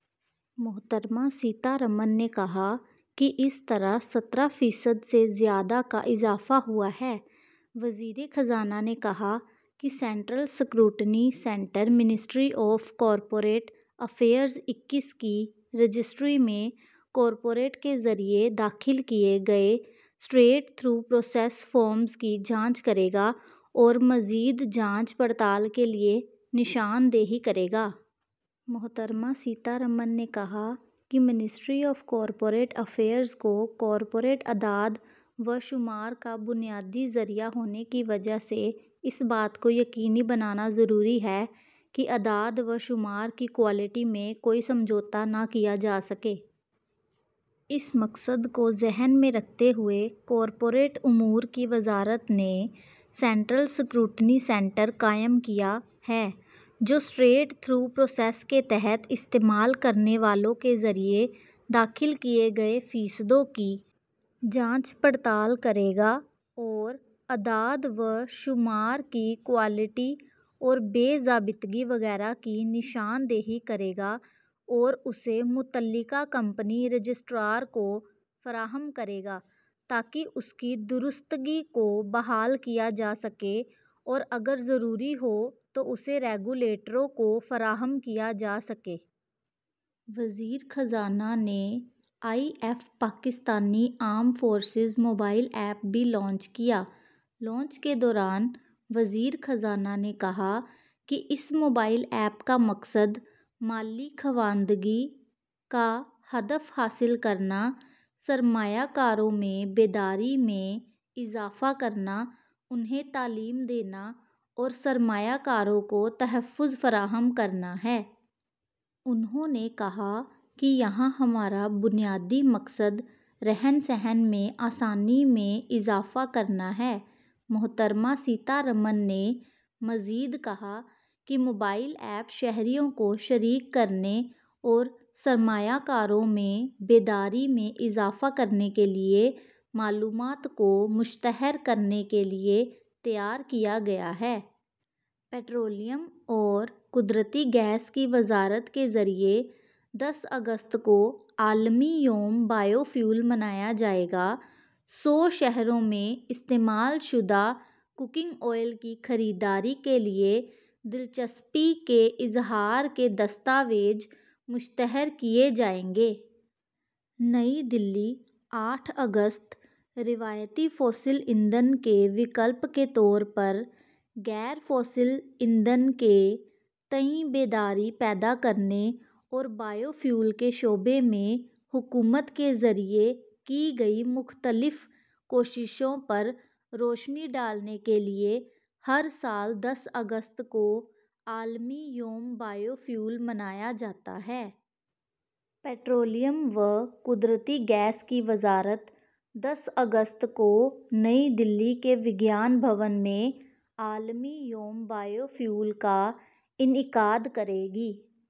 محترمہ سیتا رمن نے کہا کہ اس طرح سترہ فیصد سے زیادہ کا اضافہ ہوا ہے۔ وزیر خزانہ نے کہا کہ central scrutiny centre ministry of corporate affairs اکیس کی رجسٹری میں کارپوریٹ کے ذریعے داخل کردہ اسٹریٹ تھرو پروسیس فارمز کی جانچ کرے گا اور مزید جانچ پڑتال کے لیے نشاندہی کرے گا۔ محترمہ سیتا رمن نے کہا کہ منسٹری آف کارپوریٹ افیئرز کو کارپوریٹ اعداد و شمار کا بنیادی ذریعہ ہونے کی وجہ سے اس بات کو یقینی بنانا ضروری ہے کہ اعداد و شمار کی کوالٹی میں کوئی سمجھوتہ نہ کیا جا سکے۔ اس مقصد کو ذہن میں رکھتے ہوئے کارپوریٹ امور کی وزارت نے سی ایس سی قائم کیا ہے جو اسٹریٹ تھرو پروسیس کے تحت استعمال کرنے والوں کے ذریعے داخل کردہ فائدوں کی جانچ پڑتال کرے گا اور اعداد و شمار کی کوالٹی اور بے ضابطگی وغیرہ کی نشاندہی کرے گا اور اسے متعلقہ کمپنی رجسٹرار کو فراہم کرے گا تاکہ اس کی درستگی کو بحال کیا جا سکے اور اگر ضروری ہو تو اسے ریگولیٹروں کو فراہم کیا جا سکے۔ وزیر خزانہ نے I E P F A mobile app بھی لانچ کیا۔ لانچ کے دوران وزیر خزانہ نے کہا کہ اس موبائل ایپ کا مقصد مالی خواندگی کا ہدف حاصل کرنا سرمایہ کاروں میں بیداری میں اضافہ کرنا انہیں تعلیم دینا اور سرمایہ کاروں کو تحفظ فراہم کرنا ہے۔ انہوں نے کہا کہ یہاں ہمارا بنیادی مقصد رہن سہن میں آسانی میں اضافہ کرنا ہے۔ محترمہ سیتا رمن نے مزید کہا کہ موبائل ایپ شہریوں کو شریک کرنے اور سرمایہ کاروں میں بیداری میں اضافہ کرنے کے لیے معلومات کو مشتہر کرنے کے لیے تیار کیا گیا ہے۔ پیٹرولیم اور قدرتی گیس کی وزارت کے ذریعے دس اگست کو عالمی یوم بائیو فیول منایا جائے گا۔ سو شہروں میں استعمال شدہ کوکنگ تیل کی خریداری کے لیے دلچسپی کے اظہار کے دستاویز مشتہر کیے جائیں گے۔ نئی دہلی آٹھ اگست روایتی فوسل ایندھن کے متبادل کے طور پر غیر فوسل ایندھن کے تئیں بیداری پیدا کرنے اور بائیو فیول کے شعبے میں حکومت کے ذریعے کی گئی مختلف کوششوں پر روشنی ڈالنے کے لیے ہر سال دس اگست کو عالمی یوم بائیو فیول منایا جاتا ہے۔ پیٹرولیم و قدرتی گیس کی وزارت دس اگست کو نئی دہلی کے وگیان بھون میں عالمی یوم بائیو فیول کا انعقاد کرے گی۔